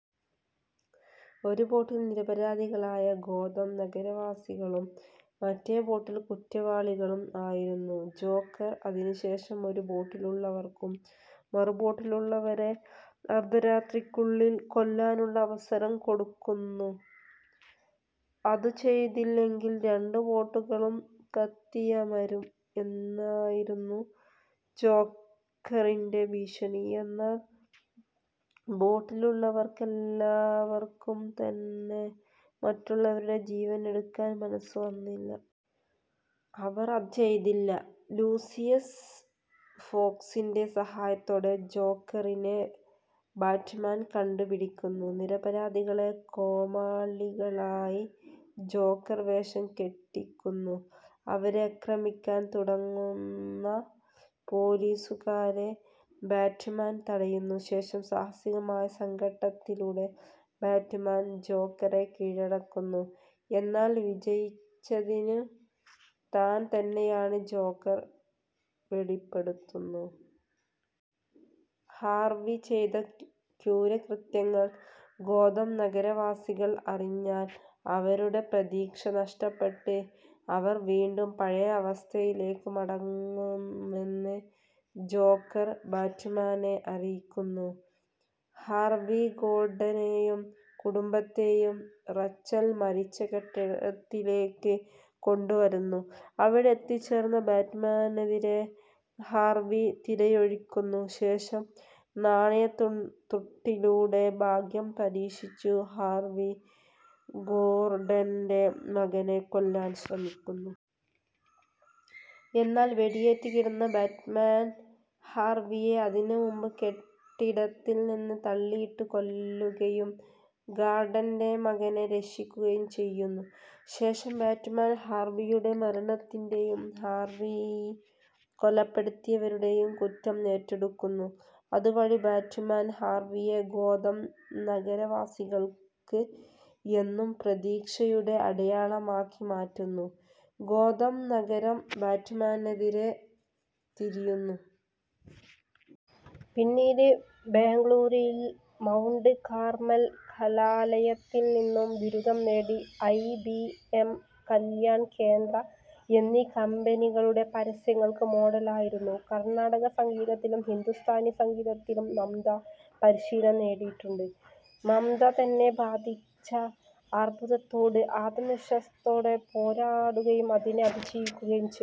ഒരു ബോട്ടിൽ നിരപരാധികളായ ഗോതം നഗരവാസികളും മറ്റേ ബോട്ടിൽ കുറ്റവാളികളും ആയിരുന്നു. ജോക്കർ അതിനു ശേഷം ഇരു ബോട്ടിലുള്ളവർക്കും മറുബോട്ടിലുള്ളവരെ അർദ്ധരാത്രിക്കുള്ളിൽ കൊല്ലാനുള്ള അവസരം കൊടുക്കുന്നു. അതു ചെയ്തില്ലെങ്കിൽ രണ്ടു ബോട്ടുകളും കത്തിയമരും എന്നായിരുന്നു ജോക്കറിന്റെ ഭീഷണി. എന്നാൽ ബോട്ടിലുല്ലവർക്കർക്കും തന്നെ മറ്റുള്ളവരുടെ ജീവൻ എടുക്കാൻ മനസ്സ് വന്നില്ല. അവർ അതു ചെയ്തില്ല. ലൂസിയസ് ഫോക്സിന്റെ സഹായത്തോടെ ജോക്കറിനെ ബാറ്റ്മാൻ കണ്ടു പിടിക്കുന്നു. നിരപരാധികളെ കോമാളികളായി ജോക്കർ വേഷം കെട്ടിക്കുന്നു. അവരെ ആക്രമിക്കാൻ തുടങ്ങുന്ന പോലീസുകാരെ ബാറ്റ്മാൻ തടയുന്നു. ശേഷം സാഹസിക സംഘട്ടനത്തിലൂടെ ബാറ്റ്മാൻ ജോക്കറെ കീഴടക്കുന്നു. എന്നാൽ വിജയിച്ചതു താൻ തന്നെയാണെന്ന് ജോക്കർ വെളിപെടുത്തുന്നു. ഹാർവി ചെയ്ത ക്രൂരകൃത്യങ്ങൾ ഗോതം നഗരവാസികൾ അറിഞ്ഞാൽ അവരുടെ പ്രതീക്ഷ നഷ്ടപ്പെട്ട് അവർ വീണ്ടും പഴയ അവസ്ഥയിലേക് മടങ്ങുമെന്ന് ജോക്കർ ബാറ്റ്മാനെ അറിയിക്കുന്നു. ഹാർവി ഗോർഡനെയും കുടുംബത്തെയും റെച്ചൽ മരിച്ച കെട്ടിടത്തിലേക്ക് കൊണ്ടുവരുന്നു. അവിടെ എത്തിച്ചേർന്ന ബാറ്റ്മാനെതിരെ ഹാർവി തിരയൊഴിക്കുന്നു. ശേഷം ഒരു നാണയതുട്ടിലൂടെ ഭാഗ്യം പരീക്ഷിച്ചു ഹാർവി ഗോർഡന്റെ മകനെ കൊല്ലാൻ ശ്രമിക്കുന്നു. എന്നാൽ വെടിയേറ്റ് കിടന്ന ബാറ്റ്മാൻ ഹർവിയെ അതിനു മുമ്പ് കെട്ടിടത്തിൽ നിന്ന് തള്ളിയിട്ടു കൊല്ലുകയും ഗോർഡന്റെ മകനെ രക്ഷിക്കുകയുംചെയ്യുന്നു. ശേഷം ബാറ്റ്മാൻ ഹാർവിയുടെ മരണത്തിന്റെയും ഹാർവി കൊലപെടുത്തിയവരുടെയും കുറ്റം ഏറ്റെടുക്കുന്നു. അതു വഴി ബാറ്റ്മാൻ ഹാർവിയെ ഗോതം നഗരവാസികൾക്ക് എന്നും പ്രതീക്ഷയുടെ അടയാളമാക്കി മാറ്റുന്നു. ഗോതം നഗരം ബാറ്റ്മാനെതിരെ തിരിയുന്നു. പിന്നീട് ബാംഗളൂരിൽ മൗണ്ട് കാർമൽ കലാലയത്തിൽ നിന്നു ബിരുദം നേടി. I. B. M, Kalyan Kendra എന്നീ കമ്പനികളുടെ പരസ്യങ്ങൾക്ക് മോഡലായിരുന്നു. കർണ്ണാട സംഗീതത്തിലും ഹിന്ദുസ്ഥാനി സംഗീതത്തിലും മംത പരിശീലനം നേടിയിട്ടുണ്ട്. മംത തന്നെ ബാധിച്ച അർബുദത്തോട് ആത്മവിശ്വാസത്തോടെ പോരാടുകയും അതിനെ അതിജീവിക്കുകയും ചെയ്തു.